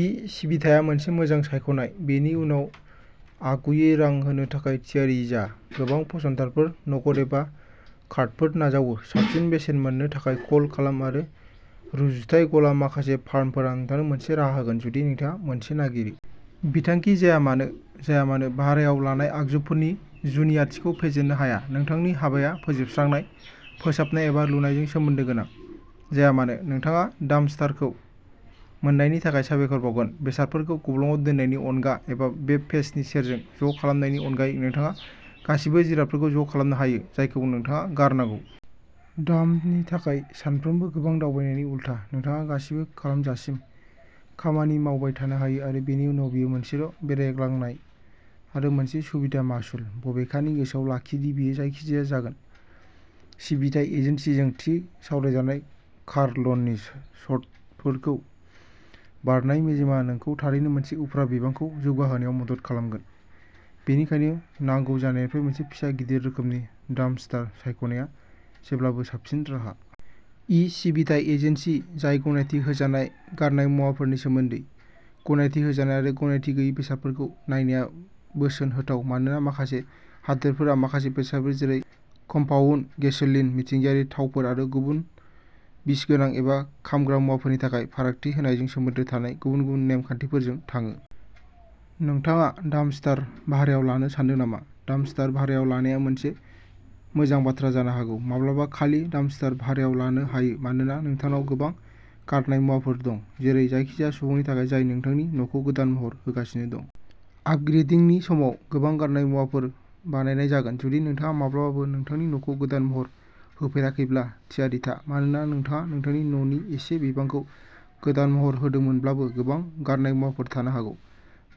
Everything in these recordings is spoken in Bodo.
इ सिबिथाया मोनसे मोजां सायख'नाय बेनि उनाव, आगुयै रां होनो थाखाय थियारि जा। गोबां फसंथानफोरा नगद एबा कार्डफोर नाजावो। साबसिन बेसेन मोननो थाखाय, कल खालाम आरो रुजुथाय गला। माखासे फार्मफोरा नोंथांनो मोनसे राहा होगोन जुदि नोंथाङा मोनसे नागिरो। बिथांखि जायामानो जाया मानो, भारायाव लानाय आगजुफोरनि जुनियाथिखौ फेजेननो हाया। नोंथांनि हाबाया फोजोबस्रांनाय, फोसाबनाय एबा लुनायजों सोमोन्दो गोनां जाया मानो, नोंथाङा डाम्पस्टारखौ मोन्नायनि थाखाय साबायखर बावगोन। बेसादफोरखौ गब्लंआव दोननायनि अनगा एबा बे पेजनि सेरजों ज'खालामनायनि अनगायै नोंथाङा गासिबो जिरादफोरखौ ज' खालामनो हायो जायखौ नोंथाङा गारनांगौ। डाम्पनि थाखाय सानफ्रोमबो गोबां दावबायनायनि उलथा, नोंथाङा गासिबो खालामजासिम खामानि मावबाय थानो हायो आरो बेनि उनाव बेयो मोनसेल'बेरायग्लांनाय आरो मोनसे सुबिदा मासुल। बबेखानि गोसोआव लाखि दि बेयो जायखिजाया जागोन। सिबिथाय एजेन्सिजों थि सावरायजानाय कार लननि सर्तफोरखौ बारनाय मेजेमआ नोंखौ थारैनो मोनसे उफ्रा बिबांखौ जौगाहोनायाव मदद खालामगोन, बेनिखायनो नांगौ जानायनिफ्राय मोनसे फिसा गिदिर रोखोमनि डाम्पस्टार सायख'नाया जेब्लाबो साबसिन राहा। इ सिबिथाइ एजेन्सि जाय गनायथि होजानाय गारनाय मुवाफोरनि सोमोन्दै। गनायथि होजानाय आरो गनायथि गैयै बेसादफोरखौ नायनाया बोसोन होथाव मानोना माखासे हादोरफोरा माखासे बेसादफोर जेरै कम्पाउन्ड, गेसोलिन, मिथिंगायारि थावफोर आरो गुबुन बिसगोनां एबा खामग्रा मुवाफोरनि थाखाय फारागथि होनायजों सोमोन्दो थानाय गुबुन-गुबुन नेम-खान्थिफोरजों थाङो। नोंथाङा डाम्पस्टार भारायाव लानो सान्दों नामा? डाम्पस्टार भारायाव लानाया मोनसे मोजां बाथ्रा जानो हागौ। माब्लाबा खालि डाम्पस्टार भारायाव लानो हायो मानोना नोंथांनाव गोबां गारनाय मुवाफोर दं। जेरै जायखिजाया सुबुंनि थाखाय जाय नोंथांनि न'खौ गोदान महर होगासिनो दं। आपग्रेदिंनि समाव। गोबां गारनाय मुवाफोर बानायनाय जागोन। जुदि नोंथाङा माब्लाबाबो नोंथांनि न'खौ गोदान महर होफेराखैब्ला थियारि था, मानोना नोंथाङा नोंथांनि न'नि एसे बिबांखौ गोदान महर होदोंमोनब्लाबो गोबां गारनाय मुवाफोर थानो हागौ।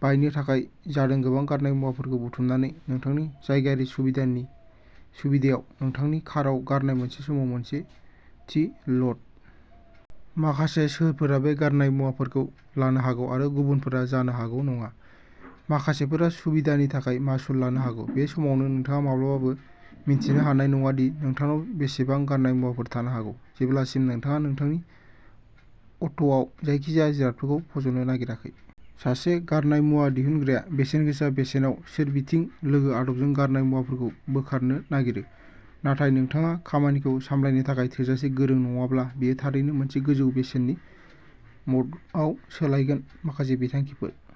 बायनो थाखाय जादों गोबां गारनाय मुवाफोरखौ बुथुमनानै नोंथांनि जायगायारि सुबिदानि सुबिदायाव नोंथांनि काराव गारनाय, मोनसे समाव मोनसे थि ल'ड। माखासे सोहोरफोरा बे गारनाय मुवाफोरखौ लानो हागौ आरो गुबुनफोरा जानो हागौ नङा। माखासेफोरा सुबिदानि थाखाय मासुल लानो हागौ। बे समावनो, नोंथाङा माब्लाबाबो मिन्थिनो हानाय नङा दि नोंथांनाव बेसेबां गारनाय मुवाफोर थानो हागौ, जेब्लासिम नोंथाङा नोंथांनि अट'आव जायखिजाया जिरादखौ फज'नो नागिराखै। सासे गारनाय मुवा दिहुनग्राया बेसेनगोसा बेसेनाव सोरबिथिं लोगो आदबजों गारनाय मुवाफोरखौ बोखारनो नागिरो, नाथाय नोंथाङा खामानिखौ सामलायनो थाखाय थोजासे गोरों नङाब्ला बेयो थारैनो मोनसे गोजौ बेसेननि मदआव सोलायगोन माखासे बिथांखिफोर।